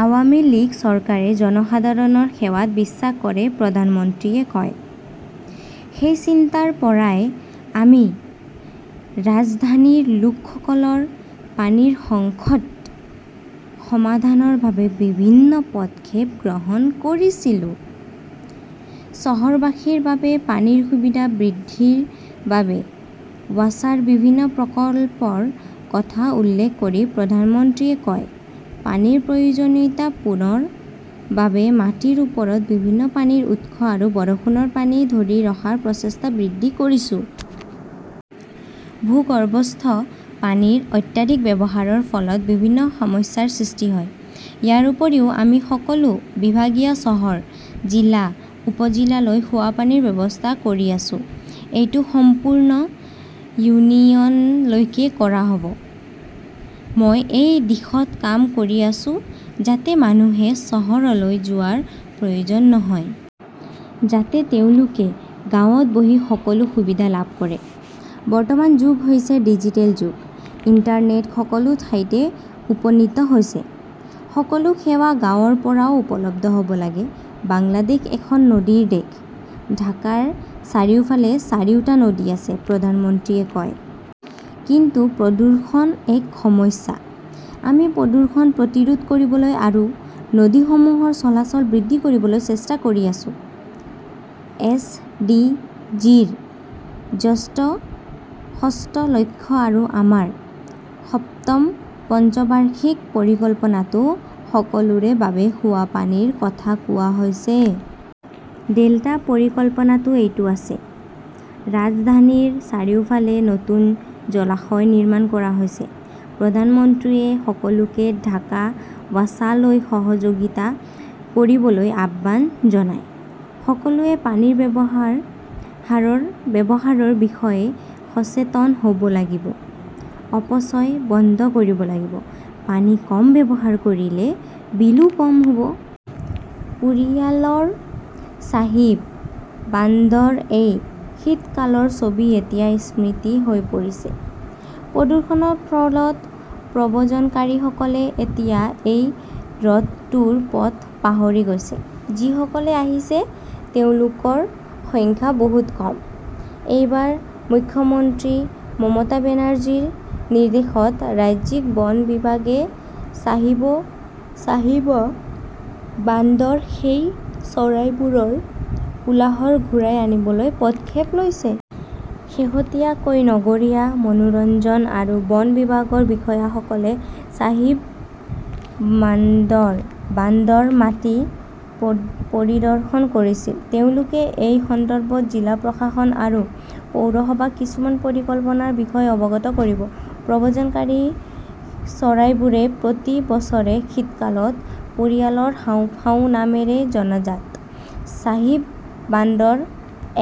আৱামী লীগ চৰকাৰে জনসাধাৰণৰ সেৱাত বিশ্বাস কৰে, প্ৰধানমন্ত্ৰীয়ে কয়। সেই চিন্তাৰ পৰাই আমি ৰাজধানীৰ লোকসকলৰ পানীৰ সংখট সমাধানৰ বাবে বিভিন্ন পদক্ষেপ গ্ৰহণ কৰিছিলো। "চহৰবাসীৰ বাবে পানীৰ সুবিধা বৃদ্ধিৰ বাবে ৱাছাৰ বিভিন্ন প্ৰকল্পৰ কথা উল্লেখ কৰি প্ৰধানমন্ত্ৰীয়ে কয়,"পানীৰ প্ৰয়োজনীয়তা পূৰণ বাবে মাটিৰ ওপৰত বিভিন্ন পানীৰ উৎস আৰু বৰষুণৰ পানী ধৰি ৰখাৰ প্ৰচেষ্টা বৃদ্ধি কৰিছোঁ। ভূগৰ্ভস্থ পানীৰ অত্যাধিক ব্যৱহাৰৰ ফলত বিভিন্ন সমস্যাৰ সৃষ্টি হয়। ইয়াৰ উপৰিও, আমি সকলো বিভাগীয় চহৰ, জিলা-উপজিলালৈ খোৱাপানীৰ ব্যৱস্থা কৰি আছো। এইটো সম্পূৰ্ণ ইউনিয়নলৈকে কৰা হব। মই এই দিশত কাম কৰি আছোঁ, যাতে মানুহে চহৰলৈ যোৱাৰ প্ৰয়োজন নহয়। যাতে তেওঁলোকে গাঁৱত বহি সকলো সুবিধা লাভ কৰে। বৰ্তমান যুগ হৈছে ডিজিটেল যুগ। ইণ্টাৰনেট সকলো ঠাইতে উপনীত হৈছে। সকলো সেৱা গাঁৱৰ পৰাও উপলব্ধ হব লাগে"। বাংলাদেশ এখন নদীৰ দেশ, ঢাকাৰ চাৰিওফালে চাৰিওটা নদী আছে, প্ৰধানমন্ত্ৰীয়ে কয়। "কিন্তু প্ৰদূষণ এক সমস্যা। আমি প্ৰদূষণ প্ৰতিৰোধ কৰিবলৈ আৰু নদীসমূহৰ চলাচল বৃদ্ধি কৰিবলৈ চেষ্টা কৰি আছো। এছ. ডি. জি. ৰ যষ্ট ষষ্ঠ লক্ষ্য আৰু আমাৰ সপ্তম পঞ্চবাৰ্ষিক পৰিকল্পনাতো সকলোৰে বাবে খোৱাপানীৰ কথা কোৱা হৈছে। ডেল্টা পৰিকল্পনাতো এইটো আছে। ৰাজধানীৰ চাৰিওফালে নতুন জলাশয় নিৰ্মাণ কৰা হৈছে"। প্ৰধানমন্ত্ৰীয়ে সকলোকে ঢাকা ৱাছালৈ সহযোগিতা কৰিবলৈ আহ্বান জনায়। সকলোৱে পানী ব্যৱহাৰ হাৰৰ ব্যৱহাৰৰ বিষয়ে সচেতন হব লাগিব। অপচয় বন্ধ কৰিব লাগিব। পানী কম ব্যৱহাৰ কৰিলে বিলো কম হব। পুৰলিয়ালৰ চাহিব বান্দৰ এই শীতকালৰ ছবি এতিয়া স্মৃতি হৈ পৰিছে। প্ৰদূষণৰ ফলত প্ৰব্ৰজনকাৰীসকলে এতিয়া এই হ্ৰদটোৰ পথ পাহৰি গৈছে। যিসকলে আহিছে, তেওঁলোকৰ সংখ্যা বহুত কম। এইবাৰ মুখ্যমন্ত্ৰী মমতা বেনাৰ্জীৰ নিৰ্দেশত ৰাজ্যিক বন বিভাগে চাহিবো চাহিব বান্দৰ সেই চৰাইবোৰৰ কোলাহল ঘূৰাই আনিবলৈ পদক্ষেপ লৈছে। শেহতীয়াকৈ নগৰীয়া মনোৰঞ্জন আৰু বন বিভাগৰ বিষয়াসকলে চাহিব মান্দৰ বান্দৰ মাটি প- পৰিদৰ্শন কৰিছিল। তেওঁলোকে এই সন্দৰ্ভত জিলা প্ৰশাসন আৰু পৌৰসভাক কিছুমান পৰিকল্পনাৰ বিষয়ে অৱগত কৰিব। প্ৰব্ৰজনকাৰী চৰাইবোৰে প্ৰতি বছৰে শীতকালত পৰিয়ালৰ হাঁওফাঁও নামেৰে জনাজাত চাহিব বান্দৰ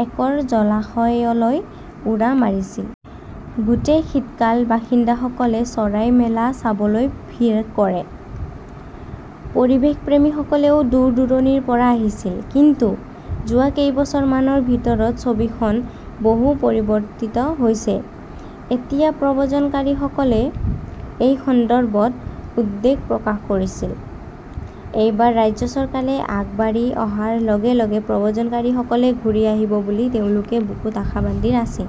একৰ জলাশয়লৈ উৰা মাৰিছিল। গোটেই শীতকাল বাসিন্দাসকলে চৰাই মেলা চাবলৈ ভিৰ কৰে। পৰিৱেশপ্ৰেমীসকলেও দূৰ-দূৰণিৰ পৰা আহিছিল। কিন্তু যোৱা কেইবছৰমানৰ ভিতৰত ছবিখন বহু পৰিৱৰ্তিত হৈছে। এতিয়া প্ৰব্ৰজনকাৰীসকলে এই সন্দৰ্ভত উদ্বেগ প্ৰকাশ কৰিছিল। এইবাৰ ৰাজ্য চৰকাৰে আগবাঢ়ি অহাৰ লগে লগে প্ৰব্ৰজনকাৰীসকলে ঘূৰি আহিব বুলি তেওঁলোকে বুকুত আশা বান্ধি আছে।